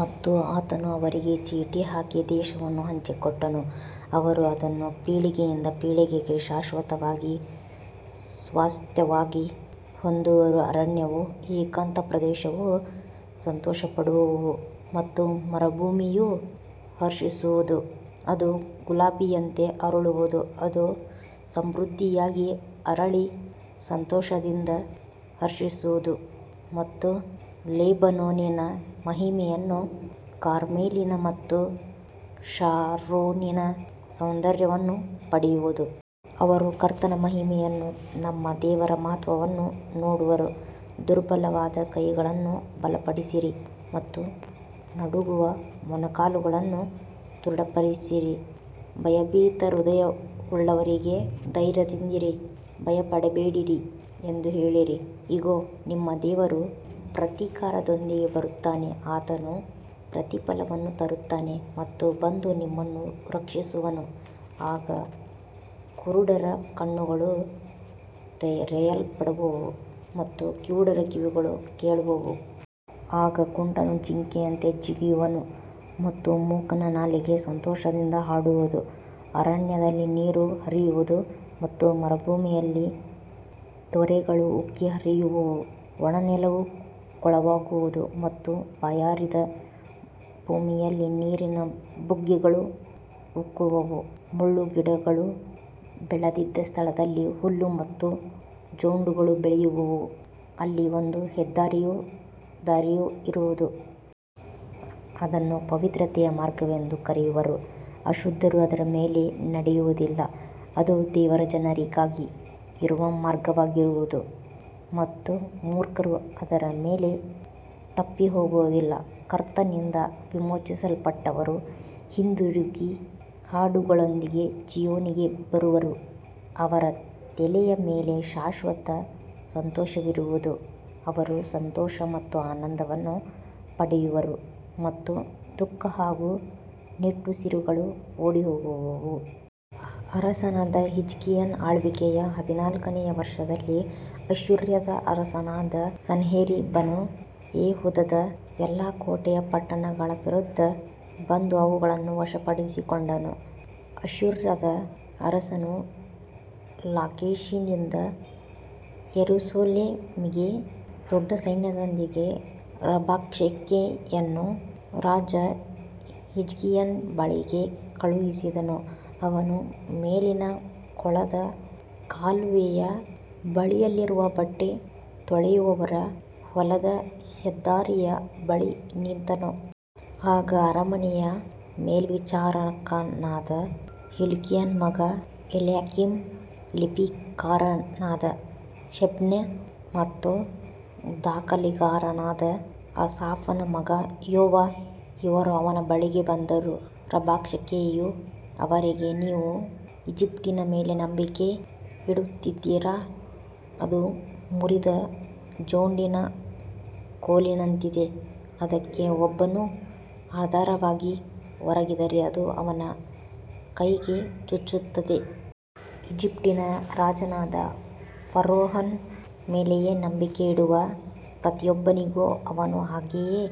ಮತ್ತು ಆತನು ಅವರಿಗೆ ಚೀಟಿ ಹಾಕಿ ದೇಶವನ್ನು ಹಂಚಿಕೊಟ್ಟನು. ಅವರು ಅದನ್ನು ಪೀಳಿಗೆಯಿಂದ ಪೀಳಿಗೆಗೆ ಶಾಶ್ವತವಾಗಿ ಸ್ವಾಸ್ತ್ಯವಾಗಿ ಹೊಂದುವರು. ಅರಣ್ಯವೂ ಏಕಾಂತ ಪ್ರದೇಶವೂ ಸಂತೋಷಪಡುವವು ಮತ್ತು ಮರುಭೂಮಿಯೂ ಹರ್ಷಿಸುವುದು. ಅದು ಗುಲಾಬಿಯಂತೆ ಅರಳುವುದು. ಅದು ಸಮೃದ್ಧಿಯಾಗಿ ಅರಳಿ ಸಂತೋಷದಿಂದ ಹರ್ಷಿಸುವುದು ಮತ್ತು ಲೆಬನೋನಿನ ಮಹಿಮೆಯನ್ನೂ ಕಾರ್ಮೆಲಿನ ಮತ್ತು ಶಾರೋನಿನ ಸೌಂದರ್ಯವನ್ನೂ ಪಡೆಯುವುದು. ಅವರು ಕರ್ತನ ಮಹಿಮೆಯನ್ನೂ ನಮ್ಮ ದೇವರ ಮಹತ್ತ್ವವನ್ನೂ ನೋಡುವರು. ದುರ್ಬಲವಾದ ಕೈಗಳನ್ನು ಬಲಪಡಿಸಿರಿ ಮತ್ತು ನಡುಗುವ ಮೊಣಕಾಲುಗಳನ್ನು ದೃಢಪಡಿಸಿರಿ. ಭಯಭೀತ ಹೃದಯವುಳ್ಳವರಿಗೆ ಧೈರ್ಯದಿಂದಿರಿ, ಭಯಪಡಬೇಡಿರಿ ಎಂದು ಹೇಳಿರಿ. ಇಗೋ, ನಿಮ್ಮ ದೇವರು ಪ್ರತೀಕಾರದೊಂದಿಗೆ ಬರುತ್ತಾನೆ. ಆತನು ಪ್ರತಿಫಲವನ್ನು ತರುತ್ತಾನೆ ಮತ್ತು ಬಂದು ನಿಮ್ಮನ್ನು ರಕ್ಷಿಸುವನು. ಆಗ ಕುರುಡರ ಕಣ್ಣುಗಳು ತೆರೆಯಲ್ಪಡುವವು ಮತ್ತು ಕಿವುಡರ ಕಿವಿಗಳು ಕೇಳುವವು. ಆಗ ಕುಂಟನು ಜಿಂಕೆಯಂತೆ ಜಿಗಿಯುವನು ಮತ್ತು ಮೂಕನ ನಾಲಿಗೆ ಸಂತೋಷದಿಂದ ಹಾಡುವುದು. ಅರಣ್ಯದಲ್ಲಿ ನೀರು ಹರಿಯುವುದು ಮತ್ತು ಮರುಭೂಮಿಯಲ್ಲಿ ತೊರೆಗಳು ಉಕ್ಕಿ ಹರಿಯುವವು. ಒಣನೆಲವು ಕೊಳವಾಗುವುದು ಮತ್ತು ಬಾಯಾರಿದ ಭೂಮಿಯಲ್ಲಿ ನೀರಿನ ಬುಗ್ಗೆಗಳು ಉಕ್ಕುವವು. ಮುಳ್ಳುಗಿಡಗಳು ಬೆಳೆದಿದ್ದ ಸ್ಥಳದಲ್ಲಿ ಹುಲ್ಲು ಮತ್ತು ಜೊಂಡುಗಳು ಬೆಳೆಯುವವು. ಅಲ್ಲಿ ಒಂದು ಹೆದ್ದಾರಿಯೂ ದಾರಿಯೂ ಇರುವುದು. ಅದನ್ನು ಪವಿತ್ರತೆಯ ಮಾರ್ಗವೆಂದು ಕರೆಯುವರು. ಅಶುದ್ಧರು ಅದರ ಮೇಲೆ ನಡೆಯುವುದಿಲ್ಲ. ಅದು ದೇವರ ಜನರಿಗಾಗಿ ಇರುವ ಮಾರ್ಗವಾಗಿರುವುದು ಮತ್ತು ಮೂರ್ಖರೂ ಅದರ ಮೇಲೆ ತಪ್ಪಿಹೋಗುವುದಿಲ್ಲ. ಕರ್ತನಿಂದ ವಿಮೋಚಿಸಲ್ಪಟ್ಟವರು ಹಿಂದಿರುಗಿ ಹಾಡುಗಳೊಂದಿಗೆ ಚೀಯೋನಿಗೆ ಬರುವರು. ಅವರ ತಲೆಯ ಮೇಲೆ ಶಾಶ್ವತ ಸಂತೋಷವಿರುವುದು. ಅವರು ಸಂತೋಷ ಮತ್ತು ಆನಂದವನ್ನು ಪಡೆಯುವರು ಮತ್ತು ದುಃಖ ಹಾಗೂ ನಿಟ್ಟುಸಿರುಗಳು ಓಡಿಹೋಗುವವು. ಅರಸನಾದ ಹಿಜ್ಕೀಯನ ಆಳ್ವಿಕೆಯ ಹದಿನಾಲ್ಕನೆಯ ವರ್ಷದಲ್ಲಿ ಅಶ್ಶೂರದ ಅರಸನಾದ ಸನ್ಹೇರೀಬನು ಯೆಹೂದದ ಎಲ್ಲಾ ಕೋಟೆಯ ಪಟ್ಟಣಗಳ ವಿರುದ್ಧ ಬಂದು ಅವುಗಳನ್ನು ವಶಪಡಿಸಿಕೊಂಡನು. ಅಶ್ಶೂರದ ಅರಸನು ಲಾಕೀಷಿನಿಂದ ಯೆರೂಸಲೇಮಿಗೆ ದೊಡ್ಡ ಸೈನ್ಯದೊಂದಿಗೆ ರಬ್ಷಾಕೆಯನ್ನು ರಾಜ ಹಿಜ್ಕೀಯನ ಬಳಿಗೆ ಕಳುಹಿಸಿದನು. ಅವನು ಮೇಲಿನ ಕೊಳದ ಕಾಲುವೆಯ ಬಳಿಯಲ್ಲಿರುವ ಬಟ್ಟೆ ತೊಳೆಯುವವರ ಹೊಲದ ಹೆದ್ದಾರಿಯ ಬಳಿ ನಿಂತನು. ಆಗ ಅರಮನೆಯ ಮೇಲ್ವಿಚಾರಕನಾದ ಹಿಲ್ಕೀಯನ ಮಗ ಎಲ್ಯಾಕೀಮ, ಲಿಪಿಕಾರನಾದ ಶೆಬ್ನ ಮತ್ತು ದಾಖಲೆಗಾರನಾದ ಆಸಾಫನ ಮಗ ಯೋವ ಇವರು ಅವನ ಬಳಿಗೆ ಬಂದರು. ರಬ್ಷಾಕೆಯು ಅವರಿಗೆ, ನೀವು ಈಜಿಪ್ಟಿನ ಮೇಲೆ ನಂಬಿಕೆ ಇಡುತ್ತಿದ್ದೀರಾ? ಅದು ಮುರಿದ ಜೊಂಡಿನ ಕೋಲಿನಂತಿದೆ. ಅದಕ್ಕೆ ಒಬ್ಬನು ಆಧಾರವಾಗಿ ಒರಗಿದರೆ ಅದು ಅವನ ಕೈಗೆ ಚುಚ್ಚುತ್ತದೆ. ಈಜಿಪ್ಟಿನ ರಾಜನಾದ ಫರೋಹನ ಮೇಲೆಯೇ ನಂಬಿಕೆ ಇಡುವ ಪ್ರತಿಯೊಬ್ಬನಿಗೂ ಅವನು ಹಾಗೆಯೇ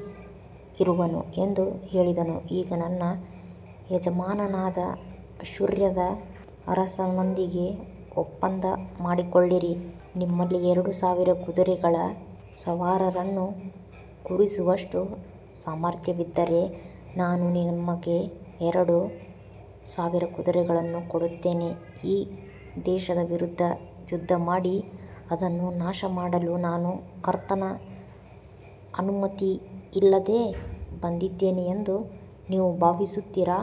ಇರುವನು ಎಂದು ಹೇಳಿದನು. ಈಗ ನನ್ನ ಯಜಮಾನನಾದ ಅಶ್ಶೂರದ ಅರಸನೊಂದಿಗೆ ಒಪ್ಪಂದ ಮಾಡಿಕೊಳ್ಳಿರಿ. ನಿಮ್ಮಲ್ಲಿ ಎರಡು ಸಾವಿರ ಕುದುರೆಗಳ ಸವಾರರನ್ನು ಕೂರಿಸುವಷ್ಟು ಸಾಮರ್ಥ್ಯವಿದ್ದರೆ ನಾನು ನಿಮಗೆ ಎರಡು ಸಾವಿರ ಕುದುರೆಗಳನ್ನು ಕೊಡುತ್ತೇನೆ. ಈ ದೇಶದ ವಿರುದ್ಧ ಯುದ್ಧಮಾಡಿ ಅದನ್ನು ನಾಶಮಾಡಲು ನಾನು ಕರ್ತನ ಅನುಮತಿಯಿಲ್ಲದೆ ಬಂದಿದ್ದೇನೆ ಎಂದು ನೀವು ಭಾವಿಸುತ್ತೀರಾ?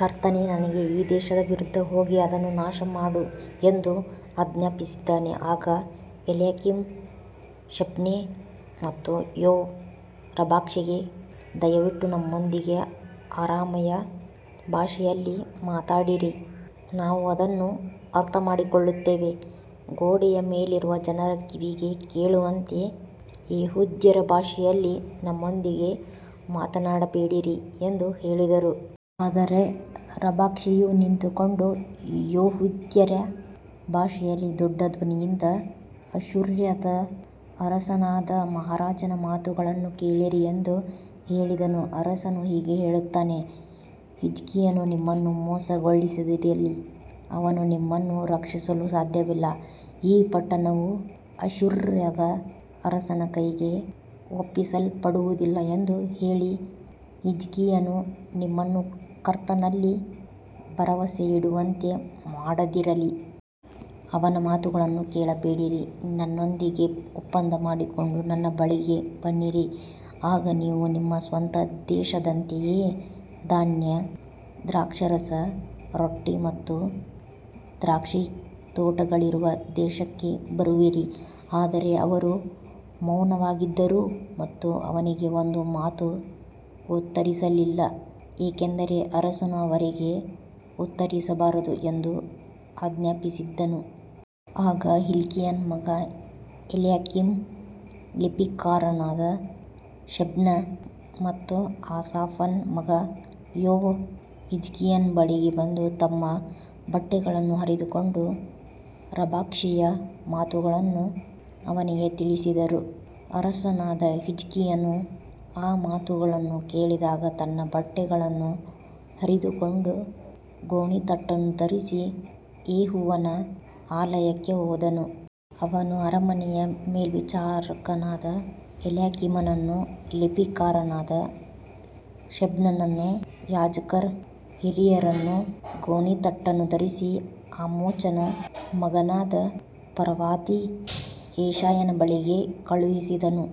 ಕರ್ತನೇ ನನಗೆ ಈ ದೇಶದ ವಿರುದ್ಧ ಹೋಗಿ ಅದನ್ನು ನಾಶಮಾಡು ಎಂದು ಆಜ್ಞಾಪಿಸಿದ್ದಾನೆ. ಆಗ ಎಲ್ಯಾಕೀಮ, ಶೆಬ್ನ ಮತ್ತು ಯೋವ ರಬ್ಷಾಕೆಗೆ, ದಯವಿಟ್ಟು ನಮ್ಮೊಂದಿಗೆ ಅರಾಮಾಯ ಭಾಷೆಯಲ್ಲಿ ಮಾತನಾಡಿರಿ. ನಾವು ಅದನ್ನು ಅರ್ಥಮಾಡಿಕೊಳ್ಳುತ್ತೇವೆ. ಗೋಡೆಯ ಮೇಲಿರುವ ಜನರ ಕಿವಿಗೆ ಕೇಳುವಂತೆ ಯೆಹೂದ್ಯರ ಭಾಷೆಯಲ್ಲಿ ನಮ್ಮೊಂದಿಗೆ ಮಾತನಾಡಬೇಡಿರಿ ಎಂದು ಹೇಳಿದರು. ಆದರೆ ರಬ್ಷಾಕೆಯು ನಿಂತುಕೊಂಡು ಯೆಹೂದ್ಯರ ಭಾಷೆಯಲ್ಲಿ ದೊಡ್ಡ ಧ್ವನಿಯಿಂದ, ಅಶ್ಶೂರದ ಅರಸನಾದ ಮಹಾರಾಜನ ಮಾತುಗಳನ್ನು ಕೇಳಿರಿ ಎಂದು ಹೇಳಿದನು. ಅರಸನು ಹೀಗೆ ಹೇಳುತ್ತಾನೆ. ಹಿಜ್ಕೀಯನು ನಿಮ್ಮನ್ನು ಮೋಸಗೊಳಿಸದಿರಲಿ. ಅವನು ನಿಮ್ಮನ್ನು ರಕ್ಷಿಸಲು ಸಾಧ್ಯವಿಲ್ಲ. ಈ ಪಟ್ಟಣವು ಅಶ್ಶೂರದ ಅರಸನ ಕೈಗೆ ಒಪ್ಪಿಸಲ್ಪಡುವುದಿಲ್ಲ ಎಂದು ಹೇಳಿ ಹಿಜ್ಕೀಯನು ನಿಮ್ಮನ್ನು ಕರ್ತನಲ್ಲಿ ಭರವಸೆಯಿಡುವಂತೆ ಮಾಡದಿರಲಿ. ಅವನ ಮಾತನ್ನು ಕೇಳಬೇಡಿರಿ. ನನ್ನೊಂದಿಗೆ ಒಪ್ಪಂದ ಮಾಡಿಕೊಂಡು ನನ್ನ ಬಳಿಗೆ ಬನ್ನಿರಿ. ಆಗ ನೀವು ನಿಮ್ಮ ಸ್ವಂತ ದೇಶದಂತೆಯೇ ಧಾನ್ಯ, ದ್ರಾಕ್ಷಾರಸ, ರೊಟ್ಟಿ ಮತ್ತು ದ್ರಾಕ್ಷಿತೋಟಗಳಿರುವ ದೇಶಕ್ಕೆ ಬರುವಿರಿ. ಆದರೆ ಅವರು ಮೌನವಾಗಿದ್ದರು ಮತ್ತು ಅವನಿಗೆ ಒಂದು ಮಾತೂ ಉತ್ತರಿಸಲಿಲ್ಲ. ಏಕೆಂದರೆ ಅರಸನು ಅವರಿಗೆ ಉತ್ತರಿಸಬಾರದು ಎಂದು ಆಜ್ಞಾಪಿಸಿದ್ದನು. ಆಗ ಹಿಲ್ಕೀಯನ ಮಗ ಎಲ್ಯಾಕೀಮ, ಲಿಪಿಕಾರನಾದ ಶೆಬ್ನ ಮತ್ತು ಆಸಾಫನ ಮಗ ಯೋವ ಹಿಜ್ಕೀಯನ ಬಳಿಗೆ ಬಂದು ತಮ್ಮ ಬಟ್ಟೆಗಳನ್ನು ಹರಿದುಕೊಂಡು ರಬ್ಷಾಕೆಯ ಮಾತುಗಳನ್ನು ಅವನಿಗೆ ತಿಳಿಸಿದರು. ಅರಸನಾದ ಹಿಜ್ಕೀಯನು ಆ ಮಾತುಗಳನ್ನು ಕೇಳಿದಾಗ ತನ್ನ ಬಟ್ಟೆಗಳನ್ನು ಹರಿದುಕೊಂಡು ಗೋಣಿತಟ್ಟನ್ನು ಧರಿಸಿ ಯೆಹೋವನ ಆಲಯಕ್ಕೆ ಹೋದನು. ಅವನು ಅರಮನೆಯ ಮೇಲ್ವಿಚಾರಕನಾದ ಎಲ್ಯಾಕೀಮನನ್ನೂ ಲಿಪಿಕಾರನಾದ ಶೆಬ್ನನನ್ನೂ ಯಾಜಕರ ಹಿರಿಯರನ್ನೂ ಗೋಣಿತಟ್ಟನ್ನು ಧರಿಸಿ ಆಮೋಚನ ಮಗನಾದ ಪ್ರವಾದಿ ಯೆಶಾಯನ ಬಳಿಗೆ ಕಳುಹಿಸಿದನು.